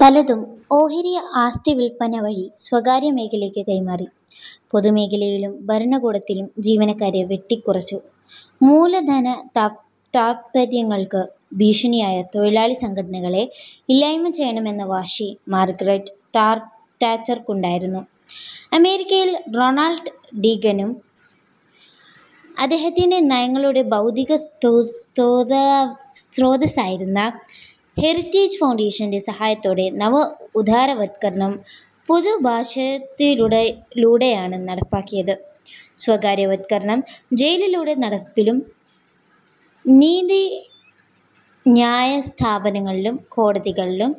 പലതും ഓഹരി ആസ്തിവില്പന വഴി സ്വകാര്യമേഖലയ്ക്ക് കൈമാറി. പൊതുമേഖലയിലും ഭരണകൂടത്തിലും ജീവനക്കാരെ വെട്ടിക്കുറച്ചു. മൂലധനതാത്പര്യങ്ങൾക്ക് ഭീഷണിയായ തൊഴിലാളി സംഘടനകളെ ഇല്ലായ്മ ചെയ്യണമെന്ന വാശി മാർഗരറ്റ് താച്ചർക്കുണ്ടായിരുന്നു. അമേരിക്കയിൽ റൊണാൾഡ് റീഗനും അദ്ദേഹത്തിന്റെ നയങ്ങളുടെ ബൗദ്ധികസ്രോതസ്സായിരുന്ന ഹെറിറ്റേജ് ഫൗണ്ടേഷന്റെ സഹായത്തോടെ നവ ഉദാരവത്കരണം പുതുഭാഷ്യത്തിലൂടെയാണ് നടപ്പാക്കിയത്. സ്വകാര്യവത്കരണം ജയിലുകളുടെ നടത്തിപ്പിലും നീതിന്യായസ്ഥാപനങ്ങളിലും കോടതികളിലും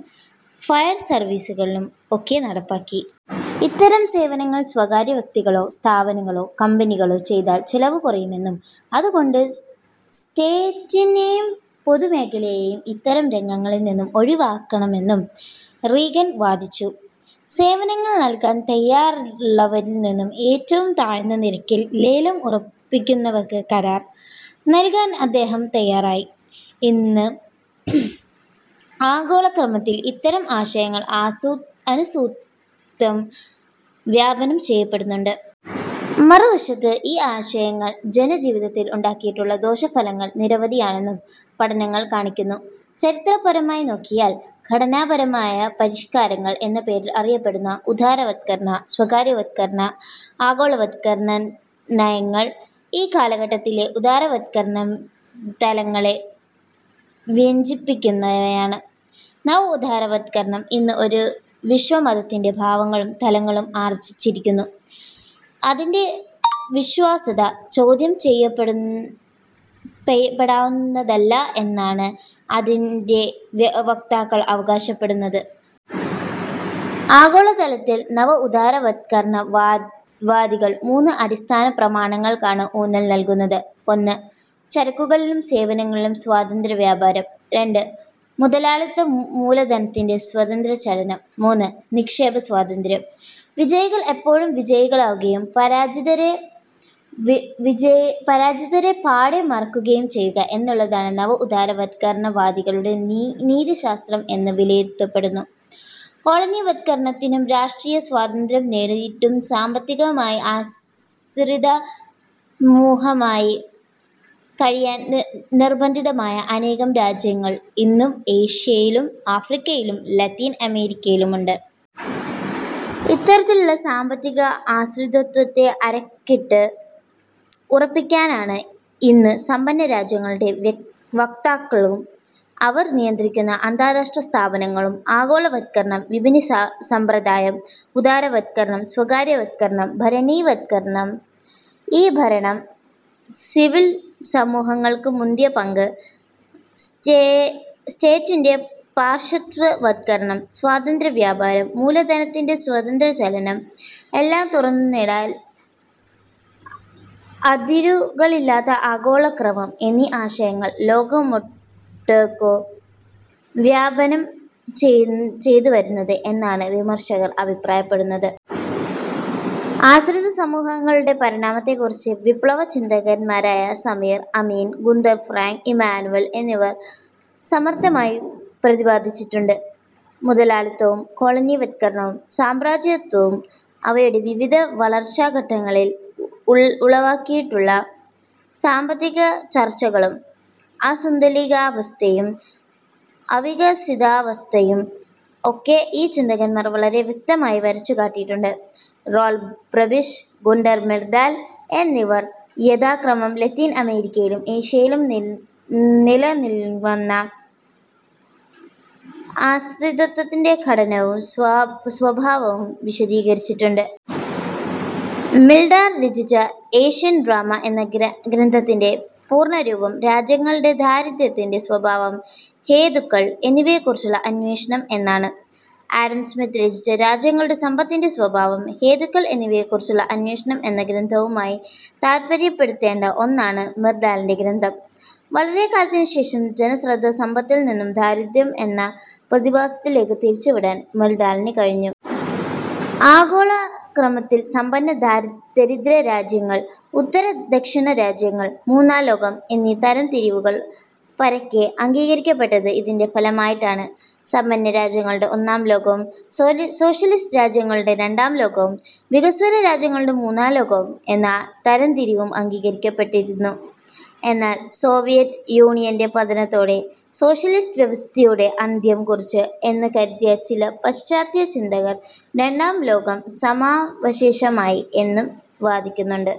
ഫയർസർവീസിലും ഒക്കെ നടപ്പാക്കി. ഇത്തരം സേവനങ്ങൾ സ്വകാര്യവ്യക്തികളോ സ്ഥാപനങ്ങളോ കമ്പനികളോ ചെയ്താൽ ചെലവ് കുറയുമെന്നും അതുകൊണ്ട് സ്റ്റേറ്റിനെയും പൊതുമേഖലയെയും ഇത്തരം രംഗങ്ങളിൽനിന്നും ഒഴിവാക്കാമെന്നും റീഗൻ വാദിച്ചു. സേവനങ്ങൾ നൽകാൻ തയ്യാറുള്ളവരിൽനിന്നും ഏറ്റവും താഴ്ന്ന നിരക്കിൽ ലേലം ഉറപ്പിക്കുന്നവർക്ക് കരാർ നൽകാൻ അദ്ദേഹം തയ്യാറായി. ഇന്നും ആഗോളക്രമത്തിൽ ഇത്തരം ആശയങ്ങൾ അനുസ്യൂതം വ്യാപനം ചെയ്യപ്പെടുന്നുണ്ട്. മറുവശത്ത് ഈ ആശയങ്ങൾ ജനജീവിതത്തിൽ ഉണ്ടാക്കിയിട്ടുള്ള ദോഷഫലങ്ങൾ നിരവധിയാണെന്നും പഠനങ്ങൾ കാണിക്കുന്നു. ചരിത്രപരമായി നോക്കിയാൽ ഘടനാപരമായ പരിഷ്കാരങ്ങൾ എന്ന പേരിൽ അറിയപ്പെടുന്ന ഉദാരവത്കരണ, സ്വകാര്യവത്കരണ, ആഗോളവത്കരണനയങ്ങൾ ഈ കാലഘട്ടത്തിലെ ഉദാരവത്കരണതലങ്ങളെ വ്യഞ്ജിപ്പിക്കുന്നവയാണ്. നവഉദാരവത്കരണം ഇന്ന് ഒരു വിശ്വമതത്തിന്റെ ഭാവങ്ങളും തലങ്ങളും ആർജിച്ചിരിക്കുന്നു. അതിന്റെ വിശ്വാസ്യത ചോദ്യം ചെയ്യപ്പെടാവുന്നതല്ല എന്നാണ് അതിന്റെ വക്താക്കൾ അവകാശപ്പെടുന്നത്. ആഗോളതലത്തിൽ നവ ഉദാരവത്കരണവാദികൾ മൂന്ന് അടിസ്ഥാനപ്രമാണങ്ങൾക്കാണ് ഊന്നൽ നൽകുന്നത്. ഒന്ന്, ചരക്കുകളിലും സേവനങ്ങളിലും സ്വതന്ത്രവ്യാപാരം. രണ്ട്, മുതലാളിത്തമൂലധനത്തിന്റെ സ്വതന്ത്രചലനം. മൂന്ന്, നിക്ഷേപസ്വാതന്ത്ര്യം. വിജയികൾ എപ്പോഴും വിജയികളാകുകയും പരാജിതരെ പാടെ മറക്കുകയും ചെയ്യുക എന്നുള്ളതാണ് നവ ഉദാരവത്കരണവാദികളുടെ നീതിശാസ്ത്രം എന്ന് വിലയിരുത്തപ്പെടുന്നു. കോളനിവത്കരണത്തിൽനിന്നും രാഷ്ട്രീയസ്വാതന്ത്ര്യം നേടിയിട്ടും സാമ്പത്തികമായി ആശ്രിതസമൂഹമായി കഴിയാൻ നിർബന്ധിതമായ അനേകം രാജ്യങ്ങൾ ഇന്നും ഏഷ്യയിലും ആഫ്രിക്കയിലും ലത്തീൻ അമേരിക്കയിലുമുണ്ട്. ഇത്തരത്തിലുള്ള സാമ്പത്തിക ആശ്രിതത്വത്തെ അരക്കിട്ട് ഉറപ്പിക്കാനാണ് ഇന്ന് സമ്പന്ന രാജ്യങ്ങളുടെ വക്താക്കളും അവർ നിയന്ത്രിക്കുന്ന അന്താരാഷ്ട്രസ്ഥാപനങ്ങളും ആഗോളവത്കരണം, വിപണിസമ്പ്രദായം, ഉദാരവത്കരണം, സ്വകാര്യവത്കരണം, ഭരണനവീകരണം, ഈ-ഭരണം, സിവിൽ സമൂഹങ്ങൾക്ക് മുന്തിയ പങ്ക്, സ്റ്റേറ്റിന്റെ പാർശ്വവത്കരണം, സ്വതന്ത്രവ്യാപാരം, മൂലധനത്തിന്റെ സ്വതന്ത്രചലനം, എല്ലാം തുറന്നിടൽ, അതിരുകളില്ലാത്ത ആഗോളക്രമം എന്നീ ആശയങ്ങൾ ലോകമൊട്ടുക്കു വ്യാപനം ചെയ്തുവരുന്നത് എന്നാണു വിമർശകർ അഭിപ്രായപ്പെടുന്നത്. ആശ്രിതസമൂഹങ്ങളുടെ പരിണാമത്തെക്കുറിച്ച് വിപ്ലവചിന്തകന്മാരായ Samir Amin, Gunder Frank, Immanuel എന്നിവർ സമർഥമായി പ്രതിപാദിച്ചിട്ടുണ്ട്. മുതലാളിത്തവും, കോളനിവത്കരണവും, സാമ്രാജ്യത്വവും അവയുടെ വിവിധ വളർച്ചാഘട്ടങ്ങളിൽ ഉളവാക്കിയിട്ടുള്ള സാമ്പത്തികത്തകർച്ചകളും അസന്തുലിതാവസ്ഥയും അവികസിതാവസ്ഥയും ഒക്കെ ഈ ചിന്തകന്മാർ വളരെ വ്യക്തമായി വരച്ചുകാട്ടിയിട്ടുണ്ട്. റോൽ പ്രെബിഷ്, ഗുണ്ടർ മിർഡാൽ എന്നിവർ യഥാക്രമം ലത്തീൻ അമേരിക്കയിലും ഏഷ്യയിലും നിലവിൽവന്ന ആശ്രിതത്വത്തിന്റെ ഘടനയും സ്വഭാവവും വിശദീകരിച്ചിട്ടുണ്ട്. മിർഡാൽ രചിച്ച ഏഷ്യൻ ഡ്രാമ എന്ന ഗ്രന്ഥത്തിന്റെ പൂർണരൂപം 'രാജ്യങ്ങളുടെ ദാരിദ്യ്രത്തിന്റെ സ്വഭാവം, ഹേതുക്കൾ എന്നിവയെക്കുറിച്ചുള്ള അന്വേഷണം' എന്നാണ്. ആഡം സ്മിത്ത് രചിച്ച 'രാജ്യങ്ങളുടെ സമ്പത്തിന്റെ സ്വഭാവം, ഹേതുക്കൾ എന്നിവയെക്കുറിച്ചുള്ള അന്വേഷണം' എന്ന ഗ്രന്ഥവുമായി താരതമ്യപ്പെടുത്തേണ്ട ഒന്നാണ് മിർഡാളിന്റെ ഗ്രന്ഥം. വളരെക്കാലത്തിനുശേഷം ജനശ്രദ്ധ സമ്പത്തിൽനിന്നും ദാരിദ്യ്രം എന്ന പ്രതിഭാസത്തിലേക്കു തിരിച്ചുവിടാൻ മിർഡാളിനു കഴിഞ്ഞു. ആഗോളക്രമത്തിൽ സമ്പന്ന-ദരിദ്രരാജ്യങ്ങൾ, ഉത്തര-ദക്ഷിണരാജ്യങ്ങൾ, മൂന്നാംലോകം എന്നീ തരംതിരിവുകൾ പരക്കെ അംഗീകരിക്കപ്പെട്ടത് ഇതിന്റെ ഫലമായിട്ടാണ്. സമ്പന്നരാജ്യങ്ങളുടെ ഒന്നാംലോകവും, സോഷ്യലിസ്റ്റ് രാജ്യങ്ങളുടെ രണ്ടാംലോകവും, വികസ്വരരാജ്യങ്ങളുടെ മൂന്നാംലോകവും എന്ന തരംതിരിവും അംഗീകരിക്കപ്പെട്ടിരുന്നു. എന്നാൽസോവിയറ്റ് യൂണിയന്റെ പതനത്തോടെ, സോഷ്യലിസ്റ്റ് വ്യവസ്ഥിതിയുടെ അന്ത്യം കുറിച്ചു എന്ന് കരുതിയ ചില പാശ്ചാത്യചിന്തകർ രണ്ടാം ലോകം നാമാവശേഷമായി എന്നു വാദിക്കുന്നുണ്ട്.